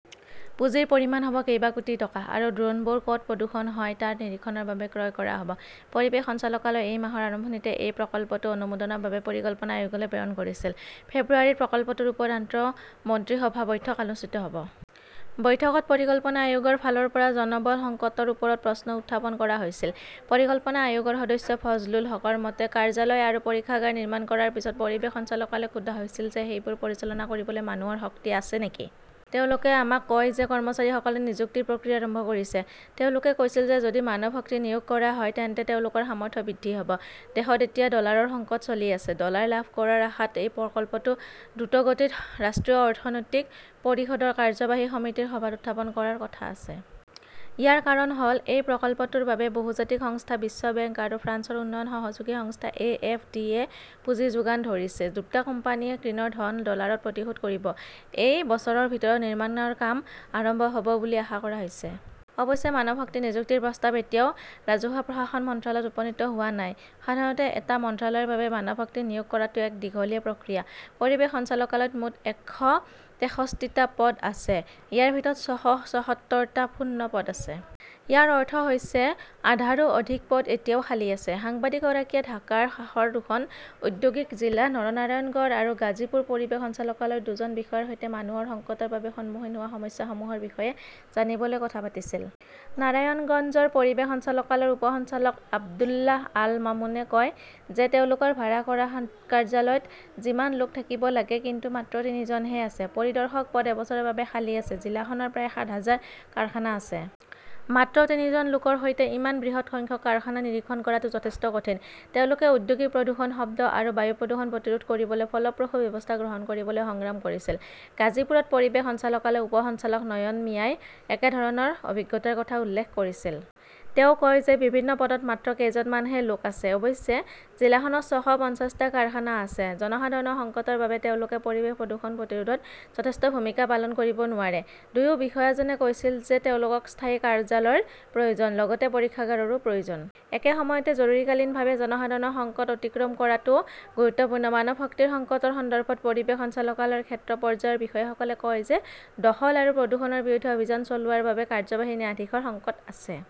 পুঁজিৰ পৰিমাণ হ'ব কেইবা কোটি টকা। আৰু ড্ৰোনবোৰ ক'ত প্ৰদূষণ হয় তাৰ নিৰীক্ষণৰ বাবে ক্ৰয় কৰা হ'ব। পৰিৱেশ সঞ্চালকালয়ই এই মাহৰ আৰম্ভণিতে এই প্ৰকল্পটো অনুমোদনৰ বাবে পৰিকল্পনা আয়োগলৈ প্ৰেৰণ কৰিছিল। ফেব্ৰুৱাৰীত প্ৰকল্পটোৰ ওপৰত আন্তঃমন্ত্ৰিসভা বৈঠক অনুষ্ঠিত হৈছিল। বৈঠকত পৰিকল্পনা আয়োগৰ ফালৰ পৰা জনবল সংকটৰ ওপৰত প্ৰশ্ন উত্থাপন কৰা হৈছিল। পৰিকল্পনা আয়োগৰ সদস্য ফজলুল হকৰ মতে, কাৰ্যালয় আৰু পৰীক্ষাগাৰ নিৰ্মাণ কৰাৰ পিছত পৰিৱেশ সঞ্চালকালয়ক সোধা হৈছিল যে সেইবোৰ পৰিচালনা কৰিবলৈ মানুহৰ শক্তি আছে নেকি। তেওঁলোকে আমাক কয় যে কৰ্মচাৰীসকলে নিযুক্তিৰ প্ৰক্ৰিয়া আৰম্ভ কৰিছে। তেওঁলোকে কৈছিল যে যদি মানৱশক্তি নিয়োগ কৰা হয় তেন্তে তেওঁলোকৰ সামৰ্থ্য বৃদ্ধি হ'ব। দেশত এতিয়া ডলাৰৰ সংকট চলি আছে। ডলাৰ লাভ কৰাৰ আশাত এই প্ৰকল্পটো দ্ৰুতগতিত ৰাষ্ট্ৰীয় অৰ্থনৈতিক পৰিষদৰ কাৰ্যবাহী সমিতিৰ সভাত উত্থাপন কৰাৰ কথা আছে। ইয়াৰ কাৰণ হ'ল এই প্ৰকল্পটোৰ বাবে বহুজাতিক সংস্থা বিশ্ব বেংক আৰু ফ্ৰান্সৰ উন্নয়ন সহযোগী সংস্থা এ. এফ. ডি. -য়ে পুঁজি যোগান ধৰিছে। দুটা কোম্পানীয়ে ঋণৰ ধন ডলাৰত পৰিশোধ কৰিব। এই বছৰৰ ভিতৰত নিৰ্মাণৰ কাম আৰম্ভ হ'ব বুলি আশা কৰা হৈছে। অৱশ্যে, মানৱশক্তি নিযুক্তিৰ প্ৰস্তাৱ এতিয়াও ৰাজহুৱা প্ৰশাসন মন্ত্ৰালয়ত উপনীত হোৱা নাই। সাধাৰণতে এটা মন্ত্ৰালয়ৰ বাবে মানৱশক্তি নিয়োগ কৰাটো এক দীঘলীয়া প্ৰক্ৰিয়া। পৰিৱেশ সঞ্চালকালয়ত মুঠ একশ তেষশ্টিটা পদ আছে। ইয়াৰ ভিতৰত ছয়শ ছয়সত্তৰটা শূন্য পদ আছে। ইয়াৰ অৰ্থ হৈছে আধাৰো অধিক পদ এতিয়াও খালী আছে। সাংবাদিকগৰাকীয়ে ঢাকাৰ কাষৰ দুখন ঔদ্যোগিক জিলা নৰনাৰায়ণগড় আৰু গাজীপুৰ পৰিৱেশ সঞ্চালকালয়ৰ দুজন বিষয়াৰ সৈতে মানুহৰ সংকটৰ বাবে সন্মুখীন হোৱা সমস্যাসমূহৰ বিষয়ে জানিবলৈ কথা পাতিছিল। নাৰায়ণগঞ্জৰ পৰিৱেশ সঞ্চালকালয়ৰ উপ সঞ্চালক আব্দুল্লাহ আল মামুনে কয় যে তেওঁলোকৰ ভাড়া কৰা কাৰ্যালয়ত যিমান লোক থাকিব লাগে কিন্তু মাত্ৰ তিনিজনহে আছে। পৰিদৰ্শক পদ এবছৰৰ বাবে খালী আছে। জিলাখনৰ প্ৰায় সাত হাজাৰ কাৰখানা আছে। মাত্ৰ তিনিজন লোকৰ সৈতে ইমান বৃহৎ সংখ্যক কাৰখানা নিৰীক্ষণ কৰাটো যথেষ্ট কঠিন। তেওঁলোকে ঔদ্যোগিক প্ৰদূষণ, শব্দ আৰু বায়ু প্ৰদূষণ প্ৰতিৰোধ কৰিবলৈ ফলপ্ৰসূ ব্যৱস্থা গ্ৰহণ কৰিবলৈ সংগ্ৰাম কৰিছিল। গাজীপুৰত পৰিৱেশ সঞ্চালকালয়ৰ উপ সঞ্চালক নয়ন মিয়াই একেধৰণৰ অভিজ্ঞতাৰ কথা উল্লেখ কৰিছিল। তেওঁ কয় যে বিভিন্ন পদত মাত্ৰ কেইজনমানহে লোক আছে। অৱশ্যে, জিলাখনৰ ছয়শ‌ পঞ্চাশটা কাৰখানা আছে। জনসাধাৰণৰ সংকটৰ বাবে তেওঁলোকে পৰিৱেশ প্ৰদূষণ প্ৰতিৰোধত যথেষ্ট ভূমিকা পালন কৰিব নোৱাৰে। দুয়ো বিষয়াজনে কৈছিল যে তেওঁলোকক স্থায়ী কাৰ্যালয়ৰ প্ৰয়োজন, লগতে পৰীক্ষাগাৰৰো প্ৰয়োজন। একে সময়তে জৰুৰীকালীনভাৱে জনসাধাৰণৰ সংকট অতিক্ৰম কৰাটোও গুৰুত্বপূৰ্ণ। মানৱশক্তিৰ সংকটৰ সন্দৰ্ভত পৰিৱেশ সঞ্চালকালয়ৰ ক্ষেত্ৰ পৰ্যায়ৰ বিষয়াসকলে কয় যে দখল আৰু প্ৰদূষণৰ বিৰুদ্ধে অভিযান চলোৱাৰ বাবে কাৰ্যবাহী ন্যায়াধীশৰ সংকট আছে।